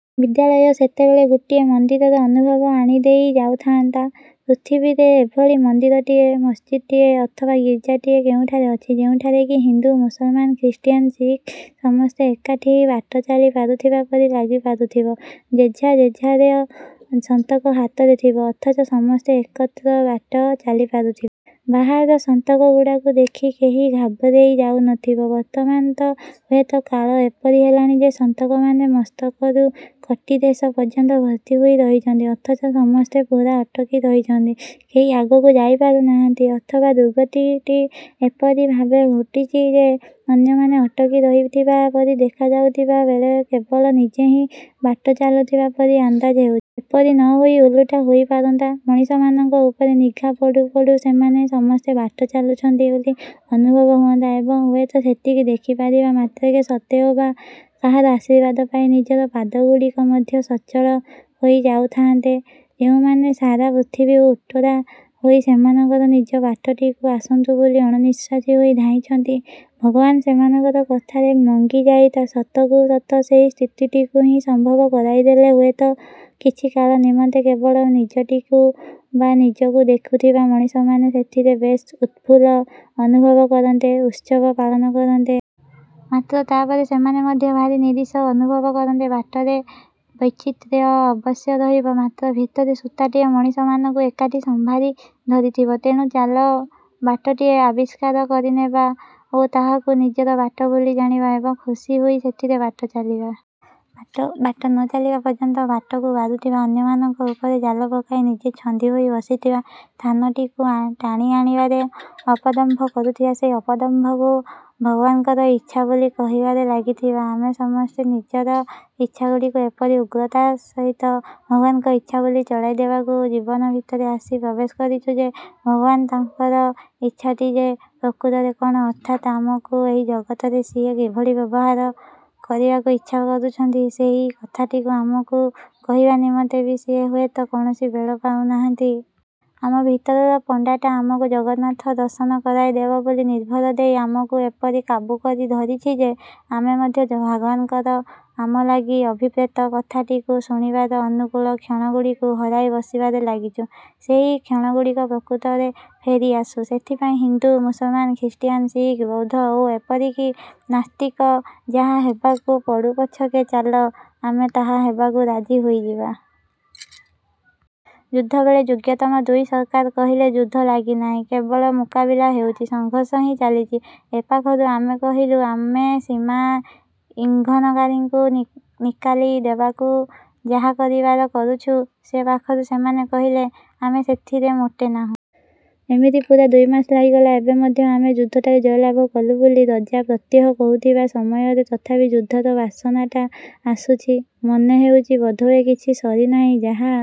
ବିଦ୍ୟାଳୟ ସେତେବେଳେ ଗୋଟିଏ ମନ୍ଦିରର ଅନୁଭବ ଆଣିଦେଇ ଯାଉଥାନ୍ତା। ପୃଥିବୀରେ ଏଭଳି ମନ୍ଦିରଟିଏ ମସଜିଦ୍ଟିଏ ଅଥବା ଗୀର୍ଜାଟିଏ କେଉଁଠାରେ ଅଛି ଯେଉଁଠାରେ କି ହିନ୍ଦୁ ମୁସଲମାନ ଖ୍ରୀଷ୍ଟିଆନ ଶିଖ ସମସ୍ତେ ଏକାଠି ବାଟ ଚାଲି ପାରୁଥିବା ପରି ଲାଗି ପାରୁଥିବ? ଯେଝା ଯେଝାର ସନ୍ତକ ହାତରେ ଥିବ ଅଥଚ ସମସ୍ତେ ଏକତ୍ର ବାଟ ଚାଲି ପାରୁଥି ବାହାରର ସନ୍ତକଗୁଡ଼ାକୁ ଦେଖି କେହି ଘାବରେଇ ଯାଉନଥିବ। ବର୍ତ୍ତମାନ ତ ହୁଏତ କାଳ ଏପରି ହେଲାଣି ଯେ ସନ୍ତକମାନେ ମସ୍ତକରୁ କଟିଦେଶ ପର୍ଯ୍ୟନ୍ତ ଭର୍ତ୍ତି ହୋଇ ରହିଛନ୍ତି ଅଥଚ ସମସ୍ତେ ପୂରା ଅଟକି ରହିଛନ୍ତି କେହି ଆଗକୁ ଯାଇପାରୁ ନାହାନ୍ତି। ଅଥବା ଦୁର୍ଗତିଟି ଏପରି ଭାବେ ଘୋଟିଛି ଯେ ଅନ୍ୟମାନେ ଅଟକି ରହିଥିବା ପରି ଦେଖାଯାଉଥିବା ବେଳେ କେବଳ ନିଜେ ହିଁ ବାଟ ଚାଲୁଥିବା ପରି ଅନ୍ଦାଜ ହେଉ ଏପରି ନ ହୋଇ ଓଲଟା ହୋଇପାରନ୍ତା ମଣିଷମାନଙ୍କ ଉପରେ ନିଘା ପଡୁ ପଡୁ ସେମାନେ ସମସ୍ତେ ବାଟ ଚାଲୁଛନ୍ତି ବୋଲି ଅନୁଭବ ହୁଅନ୍ତା ଏବଂ ହୁଏତ ସେତିକି ଦେଖିପାରିବା ମାତ୍ରକେ ସତେଅବା କାହାର ଆଶୀର୍ବାଦ ପାଇ ନିଜର ପାଦଗୁଡ଼ିକ ମଧ୍ୟ ସଚଳ ହୋଇ ଯାଉଥାଆନ୍ତେ। ଯେଉଁମାନେ ସାରା ପୃଥିବୀ ଓଟରା ହୋଇ ସେମାନଙ୍କର ନିଜ ବାଟଟିକୁ ଆସନ୍ତୁ ବୋଲି ଅଣନିଃଶ୍ୱାସୀ ହୋଇ ଧାଇଁଛନ୍ତି ଭଗବାନ ସେମାନଙ୍କର କଥାରେ ମଙ୍ଗିଯାଇ ସତକୁ ସତ ସେହି ସ୍ଥିତିଟିକୁ ହିଁ ସମ୍ଭବ କରାଇଦେଲେ ହୁଏତ କିଛିକାଳ ନିମନ୍ତେ କେବଳ ନିଜଟିକୁ ବା ନିଜକୁ ଦେଖୁଥିବା ମଣିଷମାନେ ସେଥିରେ ବେଶ୍ ଉତ୍ଫୁଲ୍ଲ ଅନୁଭବ କରନ୍ତେ ଉତ୍ସବ ପାଳନ କରନ୍ତେ। ମାତ୍ର ତାପରେ ସେମାନେ ମଧ୍ୟ ଭାରି ନୀରସ ଅନୁଭବ କରନ୍ତେ। ବାଟରେ ବୈଚିତ୍ର୍ୟ ଅବଶ୍ୟ ରହିବ, ମାତ୍ର ଭିତରେ ସୂତାଟିଏ ମଣିଷମାନଙ୍କୁ ଏକାଠି ସମ୍ଭାରି ଧରିଥିବ। ତେଣୁ ଚାଲ ବାଟଟିଏ ଆବିଷ୍କାର କରିନେବା ଓ ତାହାକୁ ନିଜର ବାଟ ବୋଲି ଜାଣିବା ଏବଂ ଖୁସି ହୋଇ ସେଥିରେ ବାଟ ଚାଲିବା। ବାଟ ନ ଚାଲିବା ପର୍ଯ୍ୟନ୍ତ ବାଟକୁ ବାରୁଥିବା, ଅନ୍ୟମାନଙ୍କ ଉପରେ ଜାଲ ପକାଇ ନିଜେ ଛନ୍ଦିହୋଇ ବସିଥିବା ଥାନଟିକୁ ଟାଣି ଆଣିବାର ଅପଦମ୍ଭ କରୁଥିବା। ସେହି ଅପଦମ୍ଭକୁ ଭଗବାନଙ୍କର ଇଚ୍ଛା ବୋଲି କହିବାରେ ଲାଗିଥିବା। ଆମେ ସମସ୍ତେ ନିଜର ଇଚ୍ଛାଗୁଡ଼ିକୁ ଏପରି ଉଗ୍ରତା ସହିତ ଭଗବାନଙ୍କ ଇଚ୍ଛା ବୋଲି ଚଳାଇ ଦେବାକୁ ଜୀବନ ଭିତରେ ଆସି ପ୍ରବେଶ କରିଛୁ ଯେ ଭଗବାନ ତାଙ୍କର ଇଚ୍ଛାଟି ଯେ ପ୍ରକୃତରେ କଣ ଅର୍ଥାତ୍ ଆମକୁ ଏହି ଜଗତରେ ସିଏ କିଭଳି ବ୍ୟବହାର କରିବାକୁ ଇଚ୍ଛା କରୁଛନ୍ତି ସେହି କଥାଟିକୁ ଆମକୁ କହିବା ନିମନ୍ତେ ବି ସିଏ ହୁଏତ କୌଣସି ବେଳ ପାଉନାହାନ୍ତି। ଆମ ଭିତରର ପଣ୍ଡାଟା ଆମକୁ ଜଗନ୍ନାଥ-ଦର୍ଶନ କରାଇଦେବ ବୋଲି ନିର୍ଭର ଦେଇ ଆମକୁ ଏପରି କାବୁକରି ଧରିଛି ଯେ, ଆମେ ମଧ୍ୟ ଭଗବାନଙ୍କର ଆମ ଲାଗି ଅଭିପ୍ରେତ କଥାଟିକୁ ଶୁଣିବାର ଅନୁକୂଳ କ୍ଷଣଗୁଡ଼ିକୁ ହରାଇ ବସିବାରେ ଲାଗିଛୁ। ସେହି କ୍ଷଣଗୁଡ଼ିକ ପ୍ରକୃତରେ ଫେରିଆସୁ। ସେଥିପାଇଁ ହିନ୍ଦୁ, ମୁସଲମାନ, ଖ୍ରୀଷ୍ଟିଆନ, ଶିଖ, ବୌଦ୍ଧ ଓ ଏପରିକି ନାସ୍ତିକ ଯାହା ହେବାକୁ ପଡ଼ୁ ପଛକେ, ଚାଲ ଆମେ ତାହା ହେବାକୁ ରାଜି ହୋଇଯିବା। ଯୁଦ୍ଧବେଳେ ଯୋଗ୍ୟତମ ଦୁଇ ସରକାର କହିଲେ ଯୁଦ୍ଧ ଲାଗି ନାହିଁ, କେବଳ ମୁକାବିଲା ହେଉଛି, ସଂଘର୍ଷ ହିଁ ଚାଲିଛି ଏପାଖରୁ ଆମେ କହିଲୁ ଆମେ ସୀମା ଇଂଘନକାରୀଙ୍କୁ ନିକାଲି ଦେବାକୁ ଯାହା କରିବାର କରୁଛୁ, ସେ ପାଖରୁ ସେମାନେ କହିଲେ, ଆମେ ସେଥିରେ ମୋଟେ ନାହୁଁ। ଏମିତି ପୂରା ଦୁଇମାସ ଲାଗିଗଲା। ଏବେ ମଧ୍ୟ ଆମେ ଯୁଦ୍ଧଟାରେ ଜୟଲାଭ କଲୁ ବୋଲି ରଜା ପ୍ରତ୍ୟହ କହୁଥିବା ସମୟରେ ତଥାପି ଯୁଦ୍ଧର ବାସନାଟା ଆସୁଛି। ମନେହେଉଛି, ବୋଧହୁଏ କିଛି ସରିନାହିଁ। ଯାହା